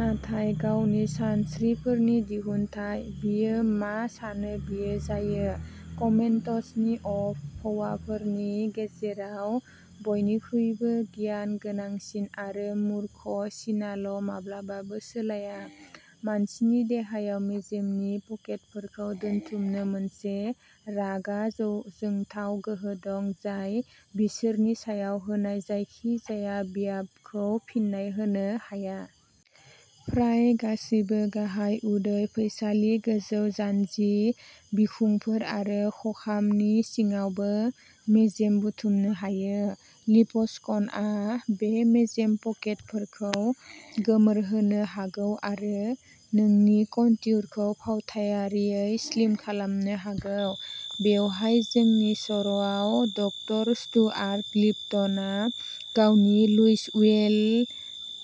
नाथाय गावनि सानस्रिफोरनि दिहुनथाइ। बियो मा सानो बियो जायो। कमेन्ट्स अफ हौवाफोरनि गेजेराव बयनिख्रुइबो गियान गोनांसिन आरो मूर्ख सिनाल' माब्लाबाबो सोलाया। मानसिनि देहायाव मेजेमनि पकेटफोरखौ दोनथुमनो मोनसे रागा जोंथाव गोहो दं जाय बिसोरनि सायाव होनाय जायखिजाया ब्यामखौ फिन्नाय होनो हाया। फ्राय गासैबो गाहाय उदै, फैसालि, गोजौ जानजि, बिखुंफोर आरो खखामनि सिङावबो मेजेम बुथुमनो हायो। लिप'सक्सनआ बे मेजेम पकेटफोरखौ गोमोरहोनो हागौ आरो नोंनि कनट्युरखौ फावथायारियै स्लिम खालामनो हागौ। बेवहाय जोंनि सर'आव, डकटर स्टुआर्ट लिप्टना गावनि लुइसविल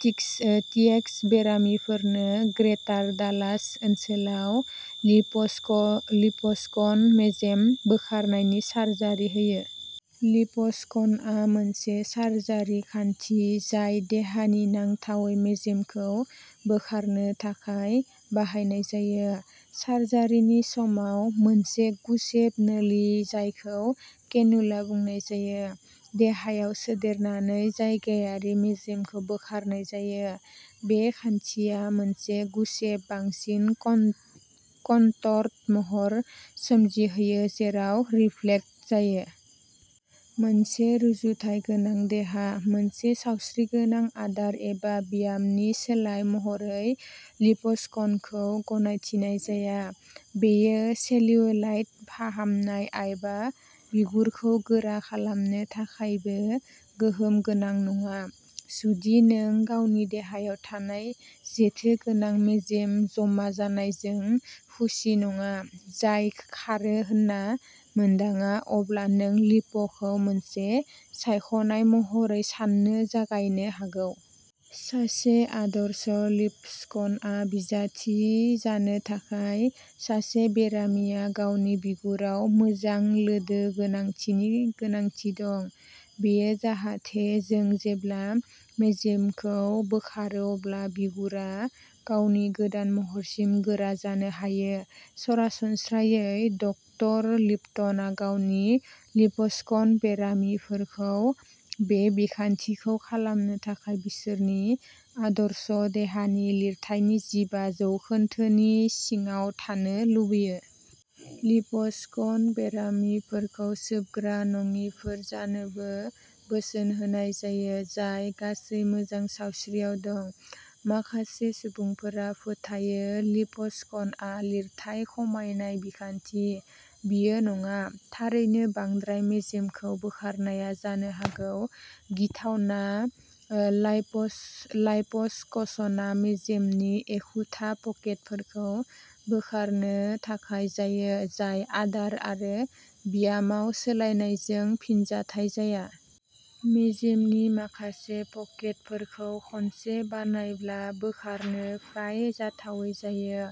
टिएक्स बेरामिफोरनो ग्रेटार डालास ओनसोलाव लिप' सक्सन लिप' सक्सन मेजेम बोखारनायनि सार्जारि होयो। लिप' सक्सनआ मोनसे सार्जारि खान्थि, जाय देहानि नांथावै मेजेमखौ बोखारनो थाखाय बाहायनाय जायो। सार्जारिनि समाव, मोनसे गुसेब नोलि जायखौ केनुला बुंनाय जायो, देहायाव सोदेरनानै जायगायारि मेजेमखौ बोखारनाय जायो। बे खान्थिया मोनसे गुसेब, बांसिन कनटर्ड महर सोमजिहोयो, जेराव रिफ्लेक्ट जायो। मोनसे रुजुथाय गोनां देहा। मोनसे सावस्रिगोनां आदार एबा ब्यामनि सोलाय महरै लिप' सक्सनखौ गनायथिनाय जाया। बेयो सेल्युलाइट फाहामनाय एबा बिगुरखौ गोरा खालामनो थाखायबो गोहोम गोनां नङा। जुदि नों गावनि देहायाव थानाय जेथोगोनां मेजेम जमा जानायजों खुसि नङा, जाय खारो होनना मोनदाङा, अब्ला नों लिप'खौ मोनसे सायख'नाय महरै सान्नो जागायनो हागौ। सासे आदर्श लिप'सक्सन बिजाथि जानो थाखाय, सासे बेरामिया गावनि बिगुराव मोजां लोदो गोनांथिनि गोनांथि दं। बेयो जाहाथे जों जेब्ला मेजेमखौ बोखारो अब्ला बिगुरा गावनि गोदान महरसिम गोरा जानो हायो। सरासनस्रायै, डकटर लिप्टना गावनि लिप' सक्सन बेरामिफोरखौ बे बिखान्थिखौ खालामनो थाखाय बिसोरनि आदर्श देहानि लिरथायनि जिबा जौखोन्दोनि सिङाव थानो लुबैयो। लिप' सक्सन बेरामिफोरखौ सोबग्रा नङिफोर जानोबो बोसोन होनाय जायो जाय गासै मोजां सावस्रियाव दं। माखासे सुबुंफोरा फोथायो लिप' सक्सनआ लिरथाय खमायनाय बिखान्थि। बेयो नङा। थारैनो, बांद्राय मेजेमखौ बोखारनाया जानो हागौ। गिथावना लाइप' सकसनआ मेजेमनि एखुथा पकेटफोरखौ बोखारनो थाखाय जायो, जाय आदार आरो ब्यामाव सोलायनायजों फिनजाथाय जाया। मेजेमनि माखासे पकेटफोरखौ खनसे बानायब्ला बोखारनो फ्राय जाथावै जायो।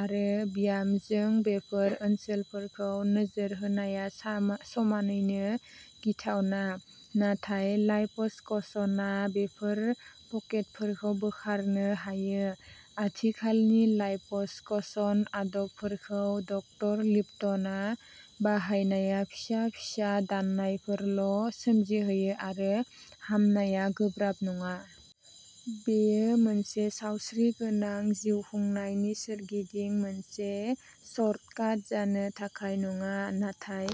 आरो ब्यामजों बेफोर ओनसोलफोरखौ नोजोर होनाया समानैनो गिथावना। नाथाय लाइप' सकसनआ बेफोर पकेटफोरखौ बोखारनो हायो। आथिखालनि लाइप'सकसन आदबफोरखौ डकटर लिप्टना बाहायनाया फिसा फिसा दाननायफोरल' सोमजिहोयो आरो हामनाया गोब्राब नङा। बेयो मोनसे सावस्रिगोनां जिउखुंनायनि सोरगिदिं मोनसे सर्टकाट जानो थाखाय नङा, नाथाय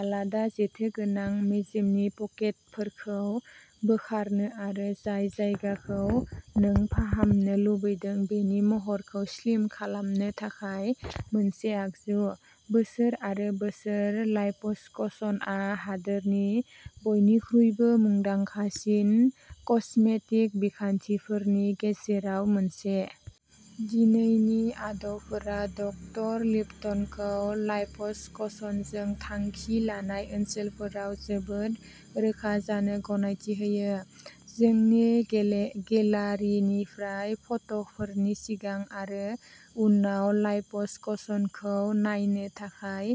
आलादा, जेथोगोनां मेजेमनि पकेटफोरखौ बोखारनो आरो जाय जायगाखौ नों फाहामनो लुबैदों बेनि महरखौ स्लिम खालामनो थाखाय मोनसे आगजु। बोसोर आरो बोसोर, लाइप'सकसनआ हादोरनि बयनिख्रुइबो मुंदांखासिन कस्मेटिक बिखान्थिफोरनि गेजेराव मोनसे। दिनैनि आदबफोरा डकटर लिप्टनखौ लाइप' सकसनजों थांखि लानाय ओनसोलफोराव जोबोद रोखा जानो गनायथि होयो। जोंनि गेलारिनिफ्राय फट'फोरनि सिगां आरो उनाव लाइप'सकसनखौ नायनो थाखाय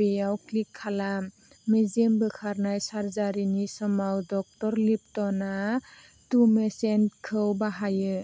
बेयाव क्लिक खालाम। मेजेम बोखारनाय सार्जारिनि समाव, डकटर लिप्टना टुमेसेन्टखौ बाहायो।